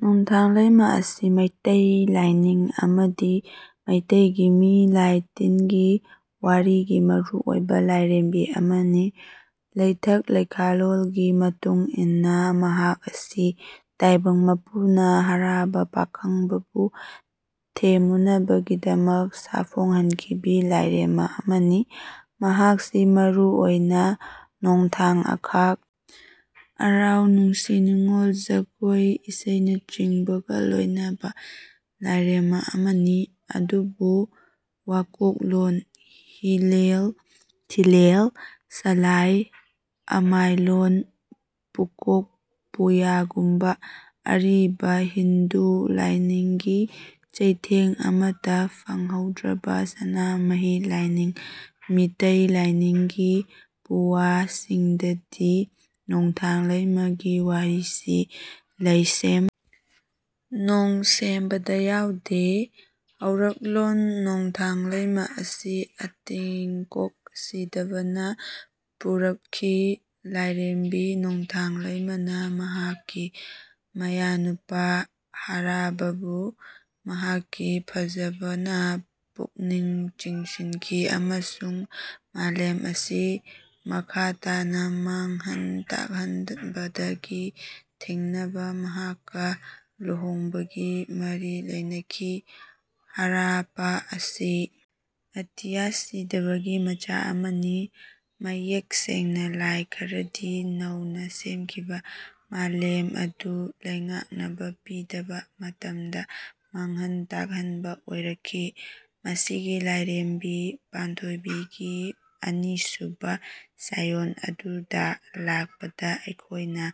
ꯅꯣꯡꯊꯥꯡ ꯂꯩꯃ ꯑꯁꯤ ꯃꯩꯇꯩ ꯂꯥꯢꯅꯤꯡ ꯑꯃꯗꯤ ꯃꯩꯇꯩꯒꯤ ꯃꯤ ꯂꯥꯢ ꯇꯤꯟꯒꯤ ꯋꯥꯔꯤꯒꯤ ꯃꯔꯨ ꯑꯣꯢꯕ ꯂꯥꯢꯔꯦꯝꯕꯤ ꯑꯃꯅꯤ꯫ ꯂꯩꯊꯛ ꯂꯩꯈꯥꯂꯣꯜꯒꯤ ꯃꯇꯨꯡꯏꯟꯅ ꯃꯍꯥꯛ ꯑꯁꯤ ꯇꯥꯢꯕꯪ ꯃꯄꯨꯅ ꯍꯔꯥꯕ ꯄꯥꯈꯪꯕꯕꯨ ꯊꯦꯝꯃꯨꯅꯕꯒꯤꯗꯃꯛ ꯁꯥꯐꯣꯡꯍꯟꯈꯤꯕꯤ ꯂꯥꯢꯔꯦꯝꯃ ꯑꯃꯅꯤ꯫ ꯃꯍꯥꯛꯁꯤ ꯃꯔꯨ ꯑꯣꯢꯅ ꯅꯣꯡꯊꯥꯡ ꯑꯈꯥꯛ ꯑꯔꯥꯎ ꯅꯨꯡꯁꯤ ꯅꯨꯉꯣꯜ ꯖꯒꯣꯢ ꯏꯁꯩꯅꯆꯤꯡꯕꯒ ꯂꯣꯢꯅꯕ ꯂꯥꯢꯔꯦꯝꯃ ꯑꯃꯅꯤ꯫ ꯑꯗꯨꯕꯨ ꯋꯥꯀꯣꯛꯂꯣꯟ ꯍꯤꯂꯦꯜ ꯊꯤꯂꯦꯜ ꯁꯂꯥꯏ ꯑꯃꯥꯏꯂꯣꯟ ꯄꯨꯀꯣꯛ ꯄꯨꯌꯥꯒꯨꯝꯕ ꯑꯔꯤꯕ ꯍꯤꯟꯗꯨ ꯂꯥꯢꯅꯤꯡꯒꯤ ꯆꯩꯊꯦꯡ ꯑꯃꯇ ꯐꯪꯍꯧꯗ꯭ꯔꯕ ꯁꯅꯥꯃꯍꯤ ꯂꯥꯏꯅꯤꯡ ꯃꯤꯇꯩ ꯂꯥꯢꯅꯤꯡ ꯒꯤ ꯄꯨꯌꯥꯁꯤꯡꯗꯗꯤ ꯅꯣꯡꯊꯥꯡ ꯂꯩꯃ ꯒꯤ ꯋꯥꯔꯤꯁꯤ ꯂꯩꯁꯦꯝ ꯅꯣꯡꯁꯦꯝꯕꯗ ꯌꯥꯎꯗꯦ꯫ ꯍꯧꯔꯛꯂꯣꯟ ꯅꯣꯡꯊꯥꯡ ꯂꯩꯃ ꯑꯁꯤ ꯑꯇꯤꯡꯀꯣꯛ ꯁꯤꯗꯕꯅ ꯄꯨꯔꯛꯈꯤ꯫ ꯂꯥꯏꯔꯦꯝꯕꯤ ꯅꯣꯡꯊꯥꯡ ꯂꯩꯃꯥꯅ ꯃꯍꯥꯛꯀꯤ ꯃꯌꯥꯅꯨꯄꯥ ꯍꯔꯥꯄꯥꯕꯨ ꯃꯍꯥꯛꯀꯤ ꯐꯖꯕꯅ ꯄꯨꯛꯅꯤꯡ ꯆꯤꯡꯁꯤꯟꯈꯤ ꯑꯃꯁꯨꯡ ꯃꯥꯂꯦꯝ ꯑꯁꯤ ꯃꯈꯥ ꯇꯥꯅ ꯃꯥꯡꯍꯟ ꯇꯥꯛꯍꯟꯕꯗꯒꯤ ꯊꯤꯡꯅꯕ ꯃꯍꯥꯛꯀ ꯂꯨꯍꯣꯡꯕꯒꯤ ꯃꯔꯤ ꯂꯩꯅꯈꯤ꯫ ꯍꯔꯥꯄꯥ ꯑꯁꯤ ꯑꯇꯤꯌꯥ ꯁꯤꯗꯥꯕꯥꯒꯤ ꯃꯆꯥ ꯑꯃꯅꯤ꯫ ꯃꯌꯦꯛ ꯁꯦꯡꯅ ꯂꯥꯏ ꯈꯔꯗꯤ ꯅꯧꯅ ꯁꯦꯝꯈꯤꯕ ꯃꯥꯂꯦꯝ ꯑꯗꯨ ꯂꯩꯉꯥꯛꯅꯕ ꯄꯤꯗꯕ ꯃꯇꯝꯗ ꯃꯥꯡꯍꯟ ꯇꯥꯛꯍꯟꯕ ꯑꯣꯏꯔꯛꯈꯤ꯫ ꯃꯁꯤꯒꯤ ꯂꯥꯏꯔꯦꯝꯕꯤ ꯄꯥꯟꯊꯣꯏꯕꯤ ꯒꯤ ꯑꯅꯤꯁꯨꯕ ꯁꯥꯏꯑꯣꯟ ꯑꯗꯨꯗ ꯂꯥꯛꯄꯗ ꯑꯩꯈꯣꯏꯅ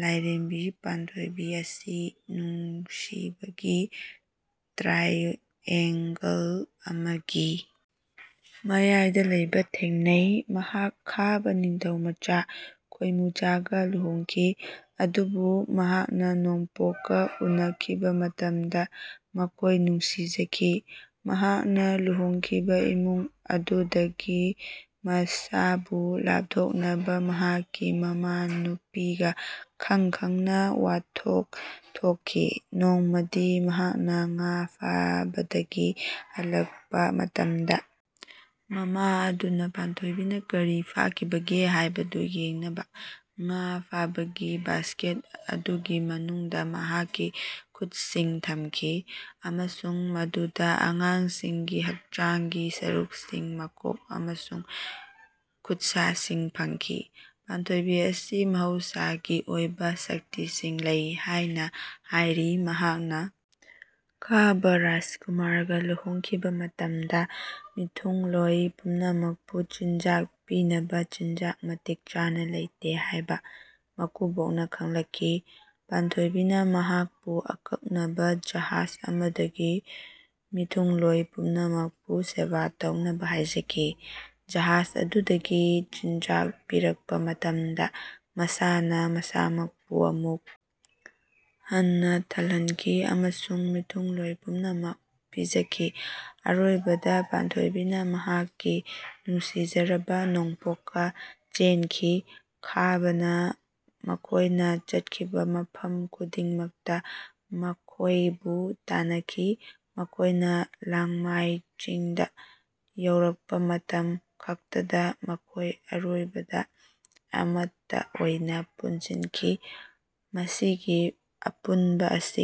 ꯂꯥꯏꯔꯦꯝꯕꯤ ꯄꯥꯟꯊꯣꯏꯕꯤ ꯑꯁꯤ ꯅꯨꯡꯁꯤꯕꯒꯤ ꯇ꯭ꯔꯥꯏꯑꯦꯡꯒꯜ ꯑꯃꯒꯤ ꯃꯌꯥꯏꯗ ꯂꯩꯕ ꯊꯦꯡꯅꯩ꯫ ꯃꯍꯥꯛ ꯈꯥꯕꯥ ꯅꯤꯡꯊꯧꯃꯆꯥ ꯈꯣꯏꯅꯨꯆꯥꯒ ꯂꯨꯍꯣꯡꯈꯤ꯫ ꯑꯗꯨꯕꯨ ꯃꯍꯥꯛꯅ ꯅꯣꯡꯄꯣꯛꯀ ꯎꯅꯈꯤꯕ ꯃꯇꯝꯗ ꯃꯈꯣꯏ ꯅꯨꯡꯁꯤꯖꯈꯤ꯫ ꯃꯍꯥꯛꯅ ꯂꯨꯍꯣꯡꯈꯤꯕ ꯏꯃꯨꯡ ꯑꯗꯨꯗꯒꯤ ꯃꯁꯥꯕꯨ ꯂꯥꯞꯊꯣꯛꯅꯕ ꯃꯍꯥꯛꯀꯤ ꯃꯃꯥꯅꯨꯄꯤꯒ ꯈꯪ ꯈꯪꯅ ꯋꯥꯊꯣꯛ ꯊꯣꯛꯈꯤ꯫ ꯅꯣꯡꯃꯗꯤ ꯃꯍꯥꯛꯅ ꯉꯥ ꯐꯥꯕꯗꯒꯤ ꯍꯜꯂꯛꯄ ꯃꯇꯝꯗ ꯃꯃꯥ ꯑꯗꯨꯅ ꯄꯥꯟꯊꯣꯏꯕꯤꯅ ꯀꯔꯤ ꯐꯥꯈꯤꯕꯒꯦ ꯍꯥꯏꯕꯗꯨ ꯌꯦꯡꯅꯕ ꯉꯥ ꯐꯥꯕꯒꯤ ꯕꯥꯁꯀꯦꯠ ꯑꯗꯨꯒꯤ ꯃꯅꯨꯡꯗ ꯃꯍꯥꯛꯀꯤ ꯈꯨꯠꯁꯤꯡ ꯊꯝꯈꯤ ꯑꯃꯁꯨꯡ ꯃꯗꯨꯗ ꯑꯉꯥꯡꯁꯤꯡꯒꯤ ꯍꯛꯆꯥꯡꯒꯤ ꯁꯔꯨꯛꯁꯤꯡ ꯃꯀꯣꯛ ꯑꯃꯁꯨꯡ ꯈꯨꯠꯁꯥꯁꯤꯡ ꯐꯪꯈꯤ꯫ ꯄꯥꯟꯊꯣꯏꯕꯤ ꯑꯁꯤ ꯃꯍꯧꯁꯥꯒꯤ ꯑꯣꯏꯕ ꯁꯛꯇꯤꯁꯤꯡ ꯂꯩ ꯍꯥꯏꯅ ꯍꯥꯏꯔꯤ꯫ ꯃꯍꯥꯛꯅ ꯈꯥꯕꯥ ꯔꯥꯖꯀꯨꯃꯥꯔꯒ ꯂꯨꯍꯣꯡꯈꯤꯕ ꯃꯇꯝꯗ ꯃꯤꯊꯨꯡꯂꯣꯏ ꯄꯨꯝꯅꯃꯛꯄꯨ ꯆꯤꯟꯖꯥꯛ ꯄꯤꯅꯕ ꯆꯤꯟꯖꯥꯛ ꯃꯇꯤꯛ ꯆꯥꯅ ꯂꯩꯇꯦ ꯍꯥꯏꯕ ꯃꯀꯨꯕꯣꯛꯅ ꯈꯪꯂꯛꯈꯤ꯫ ꯄꯥꯟꯊꯣꯏꯕꯤꯅ ꯃꯍꯥꯛꯄꯨ ꯑꯀꯛꯅꯕ ꯖꯍꯥꯖ ꯑꯃꯗꯒꯤ ꯃꯤꯊꯨꯡꯂꯣꯏ ꯄꯨꯝꯅꯃꯛꯄꯨ ꯁꯦꯕꯥ ꯇꯧꯅꯕ ꯍꯥꯏꯖꯈꯤ꯫ ꯖꯍꯥꯖ ꯑꯗꯨꯗꯒꯤ ꯆꯤꯟꯖꯥꯛ ꯄꯤꯔꯛꯄ ꯃꯇꯝꯗ ꯃꯁꯤꯅ ꯃꯁꯥꯃꯛꯄꯨ ꯑꯃꯨꯛ ꯍꯟꯅ ꯊꯜꯍꯟꯈꯤ ꯑꯃꯁꯨꯡ ꯃꯤꯊꯨꯡꯂꯣꯏ ꯄꯨꯝꯅꯃꯛ ꯄꯤꯖꯈꯤ꯫ ꯑꯔꯣꯏꯕꯗ ꯄꯥꯟꯊꯣꯏꯕꯤꯅ ꯃꯍꯥꯛꯀꯤ ꯅꯨꯡꯁꯤꯖꯔꯕ ꯅꯣꯡꯄꯣꯛꯀ ꯆꯦꯟꯈꯤ꯫ ꯈꯥꯕꯥꯅ ꯃꯈꯣꯏꯅ ꯆꯠꯈꯤꯕ ꯃꯐꯝ ꯈꯨꯗꯤꯡꯃꯛꯇ ꯃꯈꯣꯏꯕꯨ ꯇꯥꯟꯅꯈꯤ꯫ ꯃꯈꯣꯏꯅ ꯂꯥꯡꯃꯥꯏ ꯆꯤꯡꯗ ꯌꯧꯔꯛꯄ ꯃꯇꯝ ꯈꯛꯇꯗ ꯃꯈꯣꯏ ꯑꯔꯣꯏꯕꯗ ꯑꯃꯠꯇ ꯑꯣꯏꯅ ꯄꯨꯟꯁꯤꯟꯈꯤ꯫ ꯃꯁꯤꯒꯤ ꯑꯄꯨꯟꯕ ꯑꯁꯤ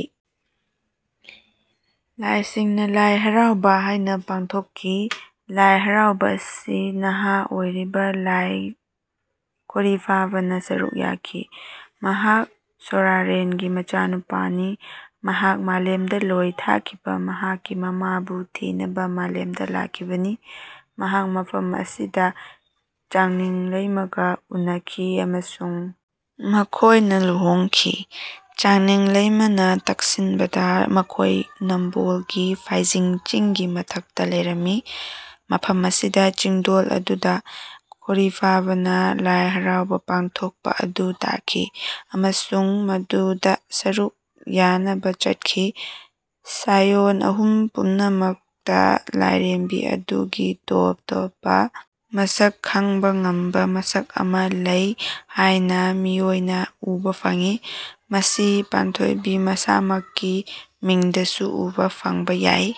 ꯂꯥꯏꯁꯤꯡꯅ ꯂꯥꯏ ꯍꯔꯥꯎꯕꯥ ꯍꯥꯏꯅ ꯄꯥꯡꯊꯣꯛꯈꯤ꯫ ꯂꯥꯏ ꯍꯔꯥꯎꯕꯥ ꯑꯁꯤ ꯅꯍꯥ ꯑꯣꯏꯔꯤꯕ ꯂꯥꯏ ꯈꯣꯔꯤꯐꯥꯕꯥꯅ ꯁꯔꯨꯛ ꯌꯥꯈꯤ꯫ ꯃꯍꯥꯛ ꯁꯣꯔꯥꯔꯦꯟꯒꯤ ꯃꯆꯥꯅꯨꯄꯥꯅꯤ꯫ ꯃꯍꯥꯛ ꯃꯥꯂꯦꯝꯗ ꯂꯣꯏ ꯊꯥꯈꯤꯕ ꯃꯍꯥꯛꯀꯤ ꯃꯃꯥꯕꯨ ꯊꯤꯅꯕ ꯃꯥꯂꯦꯝꯗ ꯂꯥꯛꯈꯤꯕꯅꯤ꯫ ꯃꯍꯥꯛ ꯃꯐꯝ ꯑꯁꯤꯗ ꯆꯥꯡꯅꯤꯡ ꯂꯩꯃꯥꯒ ꯎꯅꯈꯤ ꯑꯃꯁꯨꯡ ꯃꯈꯣꯏꯅ ꯂꯨꯍꯣꯡꯈꯤ꯫ ꯆꯥꯡꯅꯤꯡ ꯂꯩꯃꯥꯅ ꯇꯛꯁꯤꯟꯕꯗ ꯃꯈꯣꯏ ꯅꯥꯝꯕꯣꯜꯒꯤ ꯐꯣꯏꯖꯤꯡ ꯆꯤꯡꯒꯤ ꯃꯊꯛꯇ ꯂꯩꯔꯝꯃꯤ꯫ ꯃꯐꯝ ꯑꯁꯤꯗ ꯆꯤꯡꯗꯣꯜ ꯑꯗꯨꯗ ꯈꯣꯔꯤꯐꯥꯕꯥꯅ ꯂꯥꯏ ꯍꯔꯥꯎꯕꯥ ꯄꯥꯡꯊꯣꯛꯄ ꯑꯗꯨ ꯇꯥꯈꯤ ꯑꯃꯁꯨꯡ ꯃꯗꯨꯗ ꯁꯔꯨꯛ ꯌꯥꯅꯕ ꯆꯠꯈꯤ꯫ ꯁꯥꯏꯑꯣꯟ ꯑꯍꯨꯝ ꯄꯨꯝꯅꯃꯛꯇ ꯂꯥꯏꯔꯦꯝꯕꯤ ꯑꯗꯨꯒꯤ ꯇꯣꯞ ꯇꯣꯞꯄ ꯃꯁꯛ ꯈꯪꯕ ꯉꯝꯕ ꯃꯁꯛ ꯑꯃ ꯂꯩ ꯍꯥꯏꯅ ꯑꯩꯈꯣꯏꯅ ꯎꯕ ꯐꯪꯏ꯫ ꯃꯁꯤ ꯄꯥꯟꯊꯣꯏꯕꯤ ꯃꯁꯥꯃꯛꯀꯤ ꯃꯤꯡꯗꯁꯨ ꯎꯕ ꯐꯪꯕ ꯌꯥꯏ꯫